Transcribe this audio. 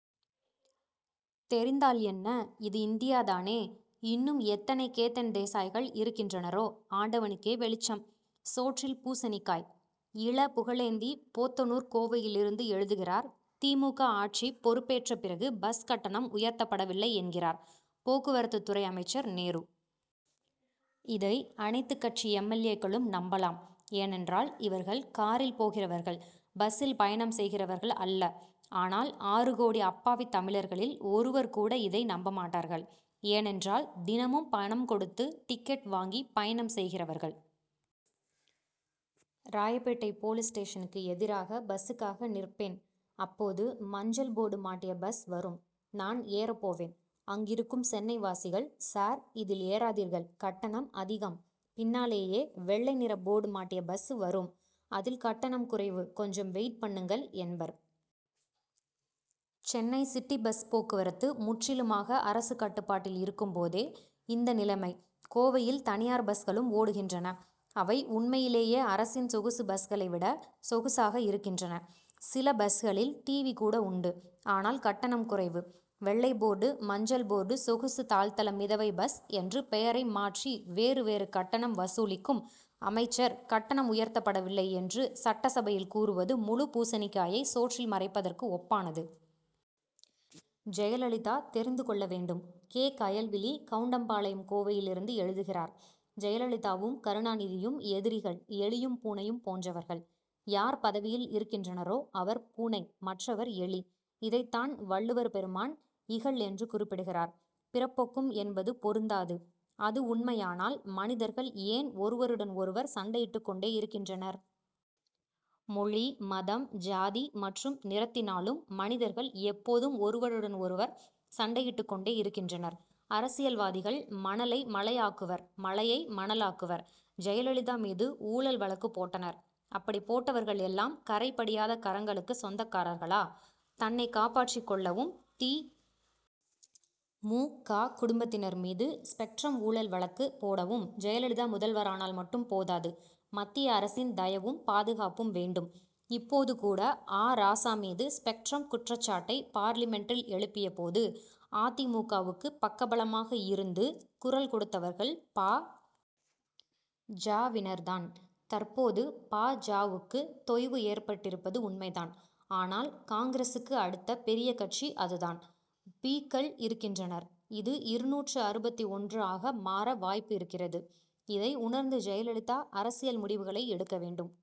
தெரிந்தால் என்ன? இது இந்தியா தானே. இன்னும் எத்தனை கேதன் தேசாய்கள் இருக்கின்றனரோ ஆண்டவனுக்கே வெளிச்சம். சோற்றில் பூசணிக்காய்! இள. புகழேந்தி போத்தனூர் கோவையிலிருந்து எழுதுகிறார் தி. மு. க. ஆட்சி பொறுப்பேற்ற பிறகு பஸ் கட்டணம் உயர்த்தப்படவில்லை என்கிறார் போக்குவரத்துத் துறை அமைச்சர் நேரு. இதை அனைத்துக் கட்சி எம். எல். ஏ.க்களும் நம்பலாம். ஏனென்றால் இவர்கள் காரில் போகிறவர்கள் பஸ்சில் பயணம் செய்கிறவர்கள் அல்ல. ஆனால் ஆறு கோடி அப்பாவித் தமிழர்களில் ஒருவர் கூட இதை நம்ப மாட்டார்கள். ஏனென்றால் தினமும் பணம் கொடுத்து டிக்கெட் வாங்கி பயணம் செய்கிறவர்கள். ராயப்பேட்டை போலீஸ் ஸ்டேஷனுக்கு எதிராக பஸ்சுக்காக நிற்பேன். அப்போது மஞ்சள் போர்டு மாட்டிய பஸ் வரும். நான் ஏறப் போவேன். அங்கிருக்கும் சென்னைவாசிகள் சார் இதில் ஏறாதீர்கள் கட்டணம் அதிகம். பின்னாலேயே வெள்ளை நிற போர்டு மாட்டிய பஸ் வரும் அதில் கட்டணம் குறைவு. கொஞ்சம் வெயிட் பண்ணுங்கள் என்பர். சென்னை சிட்டி பஸ் போக்குவரத்து முற்றிலுமாக அரசு கட்டுப்பாட்டில் இருக்கும்போதே இந்த நிலைமை. கோவையில் தனியார் பஸ்களும் ஓடுகின்றன. அவை உண்மையிலேயே அரசின் சொகுசு பஸ்களை விட சொகுசாக இருக்கின்றன. சில பஸ்களில் டிவி கூட உண்டு ஆனால் கட்டணம் குறைவு. வெள்ளை போர்டு மஞ்சள் போர்டு சொகுசு தாழ்தள மிதவை பஸ் என்று பெயரை மாற்றி வேறு வேறு கட்டணம் வசூலிக்கும் அமைச்சர் கட்டணம் உயர்த்தப்படவில்லை என்று சட்டசபையில் கூறுவது முழுப் பூசணிக்காயை சோற்றில் மறைப்பதற்கு ஒப்பானது. ஜெயலலிதா தெரிந்து கொள்ள வேண்டும்! கே. கயல்விழி கவுண்டம் பாளையம் கோவையிலிருந்து எழுதுகிறார் ஜெயலலிதாவும் கருணாநிதியும் எதிரிகள் எலியும் பூனையும் போன்றவர்கள். யார் பதவியில் இருக்கின்றனரோ அவர் பூனை மற்றவர் எலி. இதைத்தான் வள்ளுவர் பெருமான் இகல் என்று குறிப்பிடுகிறார். பிறப்பொக்கும் என்பது பொருந்தாது. அது உண்மையானால் மனிதர்கள் ஏன் ஒருவருடன் ஒருவர் சண்டையிட்டுக் கொண்டே இருக்கின்றனர்? மொழி மதம் ஜாதி மற்றும் நிறத்தினாலும் மனிதர்கள் எப்போதும் ஒருவருடன் ஒருவர் சண்டையிட்டுக் கொண்டே இருக்கின்றனர். அரசியல்வாதிகள் மணலை மலை ஆக்குவர் மலையை மணல் ஆக்குவர். ஜெயலலிதா மீது ஊழல் வழக்கு போட்டனர். அப்படி போட்டவர்கள் எல்லாம் கறை படியாத கரங்களுக்கு சொந்தக்காரர்களா? தன்னைக் காப்பாற்றிக் கொள்ளவும் தி. மு. க. குடும்பத்தினர் மீது ஸ்பெக்ட்ரம் ஊழல் வழக்கு போடவும் ஜெயலலிதா முதல்வர் ஆனால் மட்டும் போதாது மத்திய அரசின் தயவும் பாதுகாப்பும் வேண்டும். இப்போது கூட ஆ. ராசா மீது ஸ்பெக்ட்ரம் குற்றச் சாட்டை பார்லிமென்டில் எழுப்பியபோது அ. தி. மு. க.வுக்கு பக்கபலமாக இருந்து குரல் கொடுத்தவர்கள் பா. ஜ.வினர் தான். தற்போது பா. ஜ.வுக்கு தொய்வு ஏற்பட்டிருப்பது உண்மைதான். ஆனால் காங்கிரசுக்கு அடுத்த பெரிய கட்சி அதுதான். பி.க்கள் இருக்கின்றனர். இது இருநூற்று அறுபத்தி ஒன்று ஆக மாற வாய்ப்பு இருக்கிறது. இதை உணர்ந்து ஜெயலலிதா அரசியல் முடிவுகளை எடுக்க வேண்டும்.